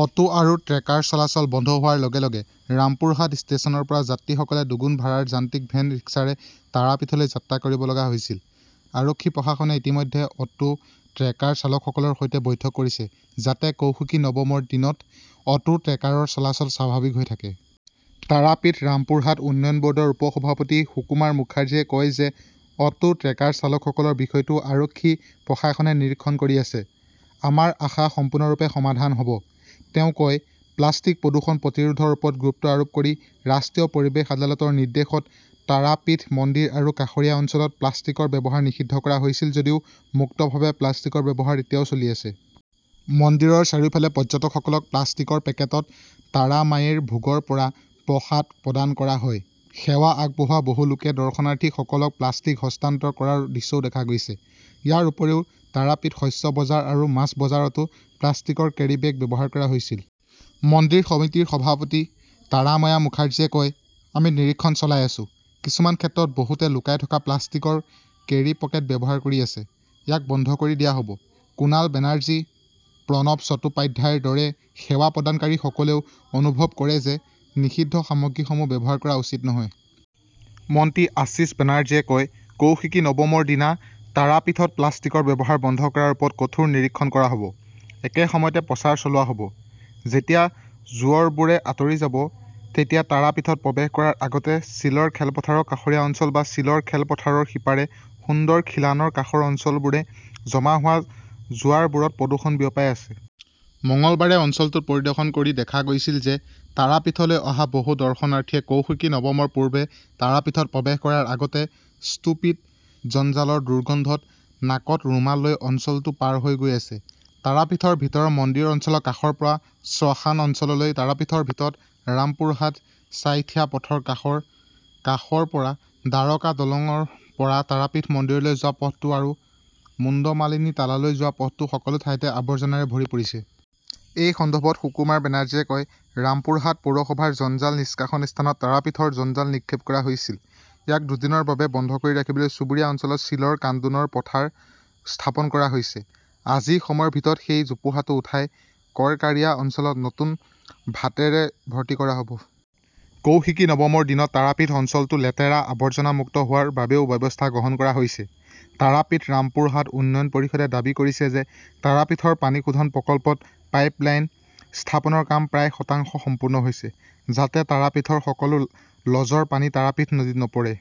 Auto আৰু trekker চলাচল বন্ধ হোৱাৰ লগে-লগে ৰামপুৰহাট ষ্টেচনৰ পৰা যাত্ৰীসকলে দুগুণ ভাড়াৰ যান্ত্ৰিক ভেন ৰিক্সাৰে তাৰাপীঠলৈ যাত্ৰা কৰিব লগা হৈছিল। আৰক্ষী, প্ৰশাসনে ইতিমধ্যে অটো, ট্ৰেকাৰ চালকসকলৰ সৈতে বৈঠক কৰিছে যাতে কৌশিকী নৱমৰ দিনত অটো, ট্ৰেকাৰৰ চলাচল স্বাভাৱিক হৈ থাকে। তাৰাপীথ ৰামপুৰহাট উন্নয়ন বৰ্ডৰ উপসভাপতি সুকুমাৰ মুখাৰ্জীয়ে কয় যে অটো, ট্ৰেকাৰ চালকসকলৰ বিষয়টো আৰক্ষী, প্ৰশাসনে নিৰীক্ষণ কৰি আছে। আমাৰ আশা সম্পূৰ্ণৰূপে সমাধান হ'ব। তেওঁ কয়, প্লাষ্টিক প্ৰদূষণ প্ৰতিৰোধৰ ওপৰত গুৰুত্ব আৰোপ কৰি ৰাষ্ট্ৰীয় পৰিৱেশ আদালতৰ নিৰ্দেশত তাৰাপীঠ মন্দিৰ আৰু কাষৰীয়া অঞ্চলত প্লাষ্টিকৰ ব্যৱহাৰ নিষিদ্ধ কৰা হৈছিল যদিও মুক্তভাৱে প্লাষ্টিকৰ ব্যৱহাৰ এতিয়াও চলি আছে। মন্দিৰৰ চাৰিওফালে পৰ্যটকসকলক প্লাষ্টিকৰ পেকেটত তাৰামাইৰ ভোগৰ পৰা প্ৰসাদ প্ৰদান কৰা হয়। সেৱা আগবঢ়োৱা বহু লোকে দৰ্শনাৰ্থীসকলক প্লাষ্টিক হস্তান্তৰ কৰাৰ দৃশ্যও দেখা গৈছে। ইয়াৰ উপৰিও তাৰাপীঠ শস্য বজাৰ আৰু মাছ বজাৰতো প্লাষ্টিকৰ কেৰিবেগ ব্যৱহাৰ কৰা হৈছিল। মন্দিৰ সমিতিৰ সভাপতি তাৰামায়া মুখাৰ্জীয়ে কয়, আমি নিৰীক্ষণ চলাই আছো। কিছুমান ক্ষেত্ৰত বহুতে লুকাই থকা প্লাষ্টিকৰ কেৰিপকেট ব্যৱহাৰ কৰি আছে। ইয়াক বন্ধ কৰি দিয়া হ'ব। কুণাল বেনাৰ্জী, প্ৰণৱ চট্টোপাধ্যায়ৰ দৰে সেৱা প্ৰদানকাৰীসকলেও অনুভৱ কৰে যে নিষিদ্ধ সামগ্ৰীসমূহ ব্যৱহাৰ কৰা উচিত নহয়। মন্ত্ৰী আশীষ বেনাৰ্জীয়ে কয়, কৌশিকী নৱমৰ দিনা তাৰাপীঠত প্লাষ্টিকৰ ব্যৱহাৰ বন্ধ কৰাৰ ওপৰত কঠোৰ নিৰীক্ষণ কৰা হ'ব। একে সময়তে প্ৰচাৰ চলোৱা হ'ব। যেতিয়া জোৱাৰবোৰ আঁতৰি যাব তেতিয়া তাৰাপীঠত প্ৰৱেশ কৰাৰ আগতে চিলৰ খেলপথাৰৰ কাষৰীয়া অঞ্চল বা চিলৰ খেলপথাৰৰ সিপাৰে সুন্দৰ খিলানৰ কাষৰ অঞ্চলবোৰে জমা হোৱা জোৱাৰবোৰত প্ৰদূষণ বিয়পাই আছে। মঙলবাৰে অঞ্চলটো পৰিদৰ্শন কৰি দেখা গৈছিল যে তাৰাপীঠলৈ অহা বহু দৰ্শনাৰ্থীয়ে কৌশিকী নৱমৰ পূৰ্বে তাৰাপীঠত প্ৰৱেশ কৰাৰ আগতে স্তূপিত জঞ্জালৰ দুৰ্গন্ধত নাকত ৰুমাল লৈ অঞ্চলটো পাৰ হৈ গৈ আছে। তাৰাপীঠৰ ভিতৰত মন্দিৰ অঞ্চলৰ কাষৰ পৰা শ্মশান অঞ্চললৈ, তাৰাপীঠৰ ভিতৰত ৰামপুৰহাট ছাইথিয়া পথৰ কাষৰ কাষৰ পৰা, দ্বাৰকা দলংৰ পৰা তাৰাপীঠ মন্দিৰলৈ যোৱা পথটো আৰু মুণ্ডমালিনী তলালৈ যোৱা পথটো সকলো ঠাইতে আৱৰ্জনাৰে ভৰি পৰিছে। এই সন্দৰ্ভত সুকুমাৰ মুখাৰ্জীয়ে কয়, ৰামপুৰহাট পৌৰসভাৰ জঞ্জাল নিষ্কাশন স্থানত তাৰাপীঠৰ জঞ্জাল নিক্ষেপ কৰা হৈছিল। ইয়াক দুদিনৰ বাবে বন্ধ কৰি ৰাখিবলৈ চুবুৰীয়া অঞ্চলত চিলৰ কান্দোনৰ পথাৰ স্থাপন কৰা হৈছে। আজি সময়ৰ ভিতৰত সেই জোপোহাটো উঠাই কৰকাৰিয়া অঞ্চলত নতুন ভাটেৰে ভৰ্তি কৰা হ'ব। কৌশিকী নৱমৰ দিনত তাৰাপীঠ অঞ্চলটো লেতেৰা, আৱৰ্জনা মুক্ত হোৱাৰ বাবেও ব্যৱস্থা গ্ৰহণ কৰা হৈছে। তাৰাপীঠ ৰামপুৰহাট উন্নয়ন পৰিষদে দাবী কৰিছে যে তাৰাপীঠৰ পানী শোধন প্ৰকল্পত পাইপলাইন স্থাপনৰ কাম প্ৰায় শতাংশ সম্পূৰ্ণ হৈছে যাতে তাৰাপীঠৰ সকলো লজৰ পানী তাৰাপীঠ নদীত নপৰে।